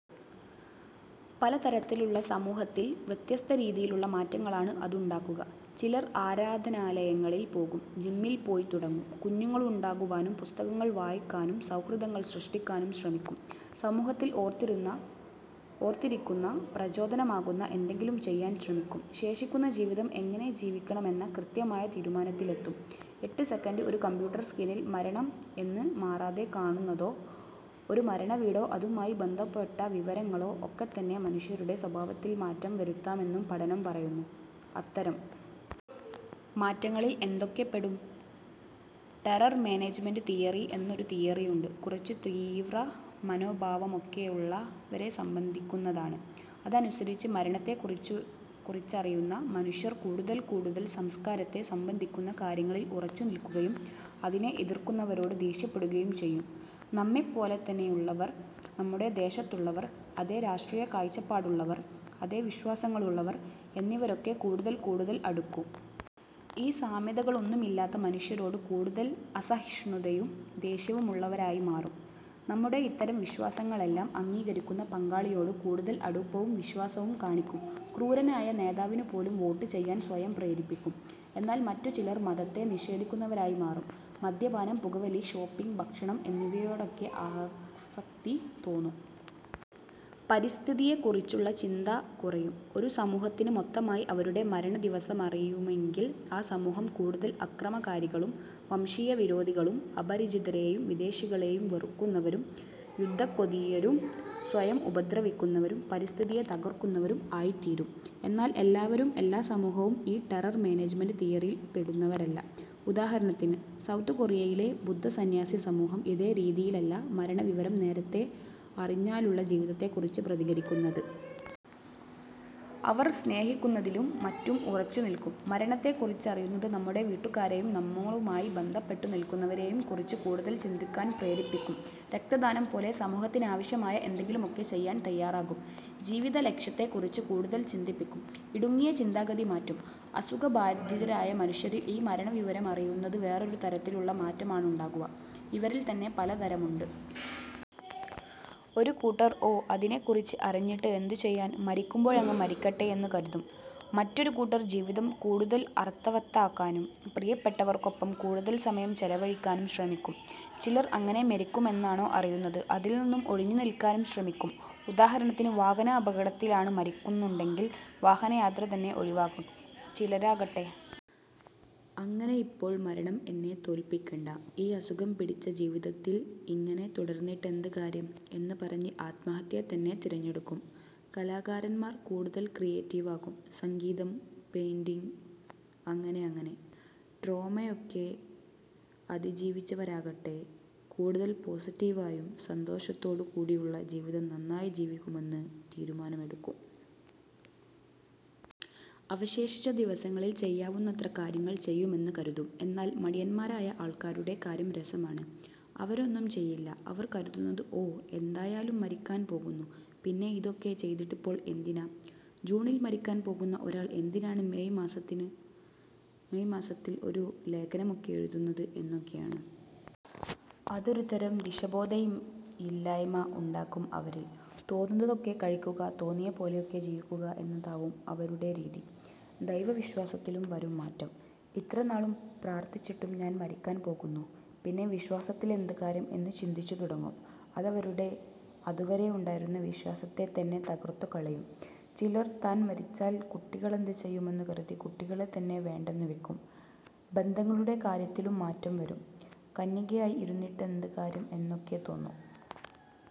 പലതരത്തിലുള്ള സമൂഹത്തിൽ വ്യത്യസ്തരീതിയിലുള്ള മാറ്റങ്ങളാണ് അതുണ്ടാക്കുക. ചിലർ ആരാധനാലയങ്ങളിൽ പോകും, ജിമ്മിൽ പോയിത്തുടങ്ങും, കുഞ്ഞുങ്ങളുണ്ടാകുവാനും പുസ്തകങ്ങൾ വായിക്കാനും സൗഹൃദങ്ങൾ സൃഷ്ടിക്കാനും ശ്രമിക്കും. സമൂഹത്തിൽ ഓർത്തിരുന്ന ഓർത്തിരിക്കുന്ന, പ്രചോദനമാകുന്ന എന്തെങ്കിലും ചെയ്യാൻ ശ്രമിക്കും. ശേഷിക്കുന്ന ജീവിതം എങ്ങനെ ജീവിക്കണമെന്ന കൃത്യമായ തീരുമാനത്തിലെത്തും. എട്ട് സെക്കൻഡ് ഒരു കമ്പ്യൂട്ടർ സ്ക്രീനിൽ മരണം എന്ന് മാറാതെ കാണുന്നതോ, ഒരു മരണവീടോ അതുമായി ബന്ധപ്പെട്ട വിവരങ്ങളോ ഒക്കെത്തന്നെ മനുഷ്യരുടെ സ്വഭാവത്തിൽ മാറ്റം വരുത്താമെന്നും പഠനം പറയുന്നു. അത്തരം മാറ്റങ്ങളിൽ എന്തൊക്കെ പെടും. ടെറർ മാനേജ്മെന്റ് തിയറി എന്നൊരു തിയറിയുണ്ട്. കുറച്ച് തീവ്രമനോഭാവമൊക്കെയുള്ളവരെ സംബന്ധിക്കുന്നതാണ്. അതനുസരിച്ച് മരണത്തെക്കുറിച്ചു ക്കുറിച്ചറിയുന്ന മനുഷ്യർ കൂടുതൽ കൂടുതൽ സംസ്കാരത്തെ സംബന്ധിക്കുന്ന കാര്യങ്ങളിൽ ഉറച്ചുനിൽക്കുകയും അതിനെ എതിർക്കുന്നവരോട് ദേഷ്യപ്പെടുകയും ചെയ്യും. നമ്മെപ്പോലെത്തന്നെയുള്ളവർ, നമ്മുടെ ദേശത്തുള്ളവർ, അതേ രാഷ്ട്രീയ കാഴ്ചപ്പാടുള്ളവർ, അതേ വിശ്വാസങ്ങളുള്ളവർ എന്നിവരൊക്കെ കൂടുതൽ കൂടുതൽ അടുക്കും. ഈ സാമ്യതകളൊന്നുമില്ലാത്ത മനുഷ്യരോട് കൂടുതൽ അസഹിഷ്ണുതയും ദേഷ്യവുമുള്ളവരായി മാറും. നമ്മുടെ ഇത്തരം വിശ്വാസങ്ങളെല്ലാം അംഗീകരിക്കുന്ന പങ്കാളിയോട് കൂടുതൽ അടുപ്പവും വിശ്വാസവും കാണിക്കും. ക്രൂരനായ നേതാവിനു പോലും വോട്ട് ചെയ്യാൻ സ്വയം പ്രേരിപ്പിക്കും. എന്നാൽ മറ്റുചിലർ മതത്തെ നിഷേധിക്കുന്നവരായി മാറും. മദ്യപാനം, പുകവലി, ഷോപ്പിങ്, ഭക്ഷണം എന്നിവയോടൊക്കെ ആസക്തി തോന്നും. പരിസ്ഥിതിയെക്കുറിച്ചുള്ള ചിന്ത കുറയും. ഒരു സമൂഹത്തിന് മൊത്തമായി അവരുടെ മരണദിവസമറിയുമെങ്കിൽ ആ സമൂഹം കൂടുതൽ അക്രമകാരികളും വംശീയവിരോധികളും അപരിചിതരെയും വിദേശികളെയും വെറുക്കുന്നവരും യുദ്ധക്കൊതിയരും സ്വയം ഉപദ്രവിക്കുന്നവരും പരിസ്ഥിതിയെ തകർക്കുന്നവരും ആയിത്തീരും. എന്നാൽ എല്ലാവരും, എല്ലാ സമൂഹവും ഈ ടെറർ മാനേജ്മെന്റ് തിയറിയിൽ പെടുന്നവരല്ല. ഉദാഹരണത്തിന്, സൗത്ത് കൊറിയയിലെ ബുദ്ധ സന്യാസി സമൂഹം ഇതേ രീതിയിലല്ല മരണവിവരം നേരത്തെ അറിഞ്ഞാലുള്ള ജീവിതത്തെക്കുറിച്ച് പ്രതികരിക്കുന്നത്. അവർ സ്നേഹിക്കുന്നതിലും മറ്റും ഉറച്ചുനിൽക്കും. മരണത്തെക്കുറിച്ചറിയുന്നത് നമ്മുടെ വീട്ടുകാരെയും നമ്മളുമായി ബന്ധപ്പെട്ടുനിൽക്കുന്നവരെയും കുറിച്ച് കൂടുതൽ ചിന്തിക്കാൻ പ്രേരിപ്പിക്കും. രക്തദാനം പോലെ സമൂഹത്തിനാവശ്യമായ എന്തെങ്കിലുമൊക്കെ ചെയ്യാൻ തയ്യാറാകും. ജീവിതലക്ഷ്യത്തെക്കുറിച്ച് കൂടുതൽ ചിന്തിപ്പിക്കും. ഇടുങ്ങിയ ചിന്താഗതി മാറ്റും. അസുഖബാധിതരായ മനുഷ്യരിൽ ഈ മരണവിവരമറിയുന്നത് വേറൊരു തരത്തിലുള്ള മാറ്റമാണുണ്ടാക്കുക. ഇവരിൽ തന്നെ പലതരമുണ്ട്. ഒരു കൂട്ടർ ഓ, അതിനെക്കുറിച്ച് അറിഞ്ഞിട്ട് എന്ത് ചെയ്യാൻ, മരിക്കുമ്പോഴങ്ങ് മരിക്കട്ടെ എന്ന് കരുതും. മറ്റൊരു കൂട്ടർ ജീവിതം കൂടുതൽ അർഥവത്താക്കാനും പ്രിയപ്പെട്ടവർക്കൊപ്പം കൂടുതൽ സമയം ചെലവഴിക്കാനും ശ്രമിക്കും. ചിലർ അങ്ങനെ മരിക്കുമെന്നാണോ അറിയുന്നത്, അതിൽനിന്നും ഒഴിഞ്ഞുനിൽക്കാനും ശ്രമിക്കും. ഉദാഹരണത്തിന്, വാഹനാപകടത്തിലാണ് മരിക്കുന്നുണ്ടെങ്കിൽ വാഹനയാത്ര തന്നെ ഒഴിവാക്കും. ചിലരാകട്ടെ, അങ്ങനെയിപ്പോൾ മരണം എന്നെ തോൽപ്പിക്കണ്ട. ഈ അസുഖം പിടിച്ച ജീവിതത്തിൽ ഇങ്ങനെ തുടർന്നിട്ടെന്ത് കാര്യം എന്ന് പറഞ്ഞ് ആത്മഹത്യ തന്നെ തിരഞ്ഞെടുക്കും. കലാകാരന്മാർ കൂടുതൽ ക്രിയേറ്റീവാകും. സംഗീതം, പെയിന്റിങ് അങ്ങനെ അങ്ങനെ. ട്രോമയൊക്കെ അതിജീവിച്ചവരാകട്ടെ കൂടുതൽ പോസിറ്റീവായും സന്തോഷത്തോടു കൂടി ഉള്ള ജീവിതം നന്നായി ജീവിക്കുമെന്ന് തീരുമാനമെടുക്കും. അവശേഷിച്ച ദിവസങ്ങളിൽ ചെയ്യാവുന്നത്ര കാര്യങ്ങൾ ചെയ്യുമെന്ന് കരുതും. എന്നാൽ മടിയന്മാരായ ആൾക്കാരുടെ കാര്യം രസമാണ്. അവരൊന്നും ചെയ്യില്ല. അവർ കരുതുന്നത്, ഓഹ്, എന്തായാലും മരിക്കാൻ പോകുന്നു. പിന്നെ ഇതൊക്കെ ചെയ്തിട്ടിപ്പോൾ എന്തിനാ. ജൂണിൽ മരിക്കാൻ പോകുന്ന ഒരാൾ എന്തിനാണ് മേയ് മാസത്തിനു മേയ് മാസത്തിൽ ഒരു ലേഖനമൊക്കെ എഴുതുന്നത് എന്നൊക്കെയാണ്. അതൊരുതരം ദിശബോധയ്മ് ഇല്ലായ്മ ഉണ്ടാക്കും അവരിൽ. തോന്നുന്നതൊക്കെ കഴിക്കുക, തോന്നിയപോലെയൊക്കെ ജീവിക്കുക എന്നതാവും അവരുടെ രീതി. ദൈവവിശ്വാസത്തിലും വരും മാറ്റം. ഇത്രനാളും പ്രാർഥിച്ചിട്ടും ഞാൻ മരിക്കാൻ പോകുന്നു. പിന്നെ വിശ്വാസത്തിലെന്ത് കാര്യം എന്ന് ചിന്തിച്ചുതുടങ്ങും. അതവരുടെ അതുവരെ ഉണ്ടായിരുന്ന വിശ്വാസത്തെത്തന്നെ തകർത്തുകളയും. ചിലർ താൻ മരിച്ചാൽ കുട്ടികളെന്ത് ചെയ്യുമെന്ന് കരുതി കുട്ടികളെ തന്നെ വേണ്ടെന്നുവയ്ക്കും. ബന്ധങ്ങളുടെ കാര്യത്തിലും മാറ്റം വരും. കന്യകയായി ഇരുന്നിട്ടെന്ത് കാര്യം എന്നൊക്കെ തോന്നും.